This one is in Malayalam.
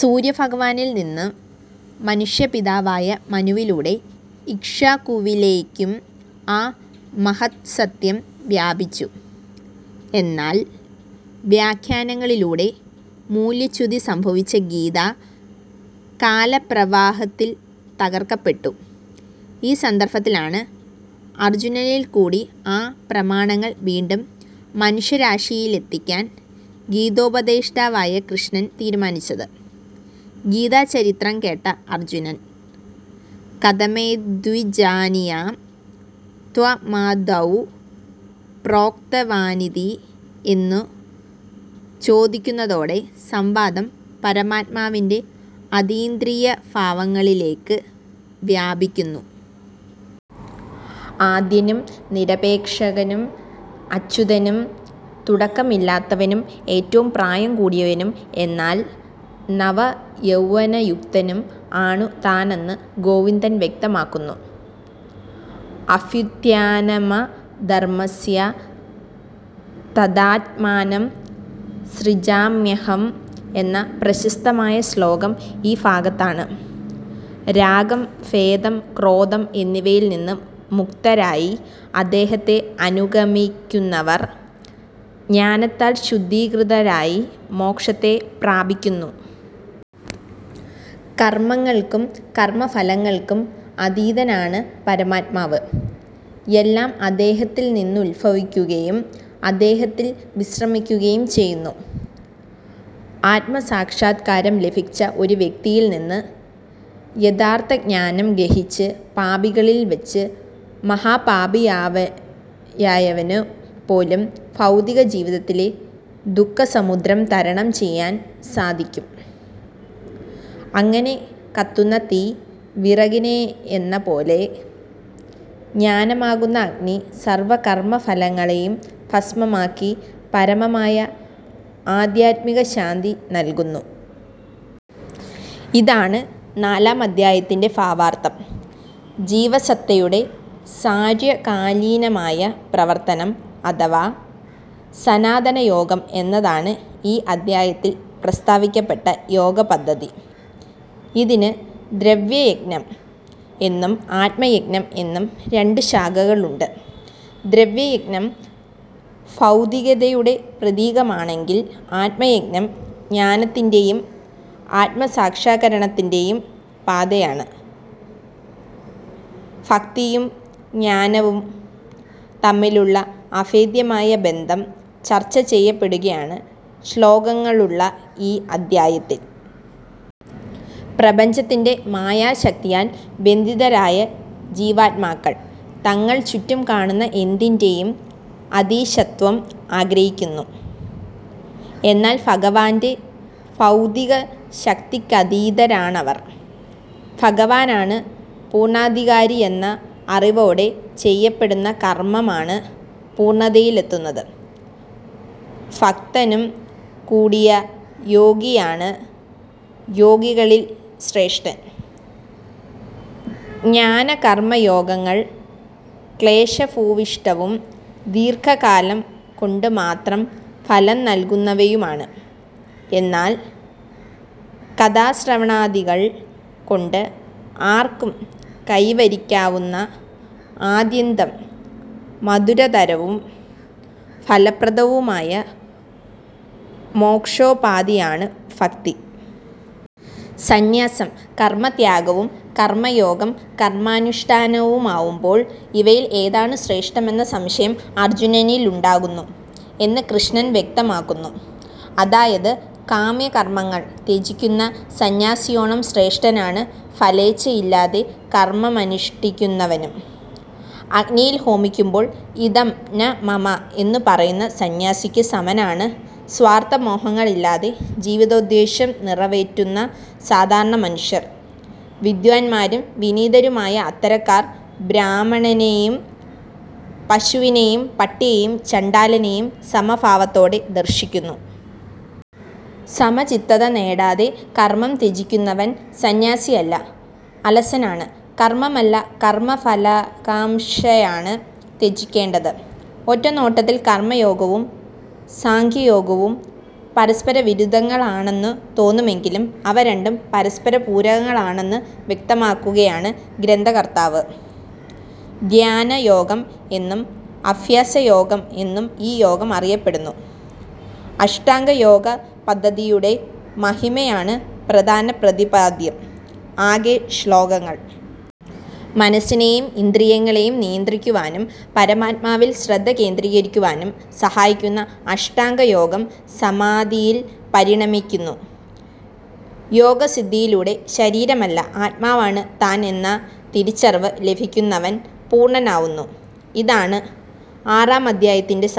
സൂര്യഭഗവാനിൽ നിന്ന് മനുഷ്യപിതാവായ മനുവിലൂടെ ഇക്ഷ്വാകുവിലേയ്ക്കും ആ മഹത്സത്യം വ്യാപിച്ചു. എന്നാൽ വ്യാഖ്യാനങ്ങളിലൂടെ മൂല്യച്യുതി സംഭവിച്ച ഗീത കാലപ്രവാഹത്തിൽ തകർക്കപ്പെട്ടു. ഈ സന്ദർഭത്തിലാണ് അർജുനനിൽക്കൂടി ആ പ്രമാണങ്ങൾ വീണ്ടും മനുഷ്യരാശിയിലെത്തിയ്ക്കാൻ ഗീതോപദേഷ്ടാവായ കൃഷ്ണൻ തീരുമാനിച്ചത്. ഗീതാചരിത്രം കേട്ട അർജ്ജുനൻ; കഥമേതദ്വിജാനീയാം ത്വമാദൌ പ്രോക്തവാനിതി എന്നു ചോദിയ്ക്കുന്നതോടെ സംവാദം പരമാത്മാവിന്റെ അതീന്ദ്രിയഭാവങ്ങളിലേയ്ക്ക് വ്യാപിയ്ക്കുന്നു. ആദ്യനും നിരപേക്ഷനും അച്യുതനും തുടക്കമില്ലാത്തവനും ഏറ്റവും പ്രായം കൂടിയവനും എന്നാൽ നവയൗവനയുക്തനും ആണു താനെന്ന് ഗോവിന്ദൻ വ്യക്തമാക്കുന്നു. അഭ്യുത്ഥാനമധർമസ്യ തദാത്മാനം സൃജാമ്യഹം എന്ന പ്രശസ്തമായ ശ്ലോകം ഈ ഭാഗത്താണ്. രാഗം ഭേദം ക്രോധം എന്നിവയിൽ നിന്ന് മുക്തരായി അദ്ദേഹത്തെ അനുഗമിയ്ക്കുന്നവർ, ജ്ഞാനത്താൽ ശുദ്ധീകൃതരായി മോക്ഷത്തെ പ്രാപിയ്ക്കുന്നു. കർമങ്ങൾക്കും കർമഫലങ്ങൾക്കും അതീതനാണ് പരമാത്മാവ്. എല്ലാം അദ്ദേഹത്തിൽനിന്നുത്ഭവിയ്ക്കുകയും അദ്ദേഹത്തിൽ വിശ്രമിയ്ക്കുകയും ചെയ്യുന്നു. ആത്മസാക്ഷാത്കാരം ലഭിച്ച ഒരു വ്യക്തിയിൽ നിന്ന് യഥാർത്ഥജ്ഞാനം ഗ്രഹിച്ച് പാപികളിൽ വച്ച് മഹാപാപിയായവനു പോലും ഭൗതികജീവിതത്തിലെ ദുഃഖസമുദ്രം തരണം ചെയ്യാൻ സാധിയ്ക്കും. അങ്ങനെ കത്തുന്ന തീ വിറകിനെയെന്നപോലെ ജ്ഞാനമാകുന്ന അഗ്നി സർവ്വ കർമഫലങ്ങളെയും ഭസ്മമാക്കി പരമമായ ആദ്ധ്യാത്മികശാന്തി നൽകുന്നു. ഇതാണ് നാലാമധ്യായത്തിന്റെ ഭാവാർത്ഥം. ജീവസത്തയുടെ സാര്വകാലീനമായ പ്രവർത്തനം അഥവാ സനാതനയോഗം എന്നതാണ് ഈ അദ്ധ്യായത്തിൽ പ്രസ്താവിയ്ക്കപ്പെട്ട യോഗപദ്ധതി. ഇതിന് ദ്രവ്യയജ്ഞം എന്നും ആത്മയജ്ഞം എന്നും രണ്ടു ശാഖകളുണ്ട്. ദ്രവ്യയജ്ഞം ഭൗതികതയുടെ പ്രതീകമാണെങ്കിൽ ആത്മയജ്ഞം ജ്ഞാനത്തിന്റെയും ആത്മസാക്ഷാത്കരണത്തിന്റെയും പാതയാണ്. ഭക്തിയും ജ്ഞാനവും തമ്മിലുള്ള അഭേദ്യമായ ബന്ധം ചർച്ച ചെയ്യപ്പെടുകയാണ് ശ്ലോകങ്ങളുള്ള ഈ അദ്ധ്യായത്തിൽ. പ്രപഞ്ചത്തിന്റെ മായാശക്തിയാൽ ബന്ധിതരായ ജീവാത്മാക്കൾ, തങ്ങൾ ചുറ്റും കാണുന്ന എന്തിന്റെയും അധീശത്വം ആഗ്രഹിയ്ക്കുന്നു. എന്നാൽ ഭഗവാന്റെ ഭൗതികശക്തിയ്ക്കധീനരാണവർ. ഭഗവാനാണ് പൂർണാധികാരിയെന്ന അറിവോടെ ചെയ്യപ്പെടുന്ന കർമമാണ് പൂർണതയിലെത്തുന്നത്. ഭക്തനും കൂടിയായ യോഗിയാണ് യോഗികളിൽ ശ്രേഷ്ഠൻ. ജ്ഞാനകർമയോഗങ്ങൾ ക്ലേശഭൂവിഷ്ടവും ദീർഘകാലം കൊണ്ടുമാത്രം ഫലം നൽകുന്നവയുമാണ്. എന്നാൽ കഥാശ്രവണാദികൾ കൊണ്ട് ആർക്കും കൈവരിയ്ക്കാവുന്ന ആദ്യന്തം മധുരതരവും ഫലപ്രദവുമായ മോക്ഷോപാധിയാണ് ഭക്തി. സന്യാസം കർമത്യാഗവും, കർമയോഗം കർമാനുഷ്ടാനവുമാവുമ്പോൾ ഇവയിൽ ഏതാണു ശ്രേഷ്ഠമെന്ന സംശയം അർജ്ജുനനിലുണ്ടാകുന്നു. എന്ന് കൃഷ്ണൻ വ്യക്തമാക്കുന്നു. അതായത് കാമ്യകർമങ്ങൾ ത്യജിയ്ക്കുന്ന സന്യാസിയോളം ശ്രേഷ്ഠനാണ് ഫലേച്ഛയില്ലാതെ കർമമനുഷ്ടിയ്ക്കുന്നവനും. അഗ്നിയിൽ ഹോമിയ്ക്കുമ്പോൾ "ഇദം ന മമ" എന്നു പറയുന്ന സന്യാസിക്കു സമനാണ് സ്വാർത്ഥമോഹങ്ങളില്ലാതെ ജീവിതോദ്ദേശ്യം നിറവേറ്റുന്ന സാധാരണമനുഷ്യർ. വിദ്വാന്മാരും വിനീതരുമായ അത്തരക്കാർ ബ്രാഹ്മണനെയും പശുവിനെയും പട്ടിയേയും ചണ്ഡാലനെയും സമഭാവത്തോടെ ദർശിക്കുന്നു. സമചിത്തത നേടാതെ കർമം ത്യജിയ്ക്കുന്നവൻ സന്യാസിയല്ല, അലസനാണ്. കർമമല്ല കർമഫലകാംക്ഷയാണ് ത്യജിയ്ക്കേണ്ടത്. ഒറ്റനോട്ടത്തിൽ കർമയോഗവും സാംഖ്യയോഗവും പരസ്പരവിരുദ്ധങ്ങളാണെന്നു തോന്നുമെങ്കിലും അവരണ്ടും പരസ്പരപൂരകങ്ങളാണെന്നു വ്യക്തമാക്കുകയാണ് ഗ്രന്ഥകർത്താവ്. ധ്യാന യോഗം എന്നും അഭ്യാസയോഗം എന്നും ഈ യോഗം അറിയപ്പെടുന്നു. അഷ്ടാംഗ യോഗ പദ്ധതിയുടെ മഹിമയാണ് പ്രധാന പ്രതിപാദ്യം. ആകെ ശ്ലോകങ്ങൾ. മനസ്സിനെയും ഇന്ദ്രിയങ്ങളെയും നിയന്ത്രിക്കുവാനും പരമാത്മാവിൽ ശ്രദ്ധ കേന്ദ്രീകരിയ്ക്കാനും സഹായിക്കുന്ന അഷ്ടാംഗ യോഗം സമാധിയിൽ പരിണമിയ്ക്കുന്നു. യോഗസിദ്ധിയിലൂടെ ശരീരമല്ല ആത്മാവാണ് താൻ എന്ന തിരിച്ചറിവ് ലഭിയ്ക്കുന്നവൻ പൂർണനാവുന്നു. ഇതാണ് ആറാമദ്ധ്യായത്തിൻറെ സാരം.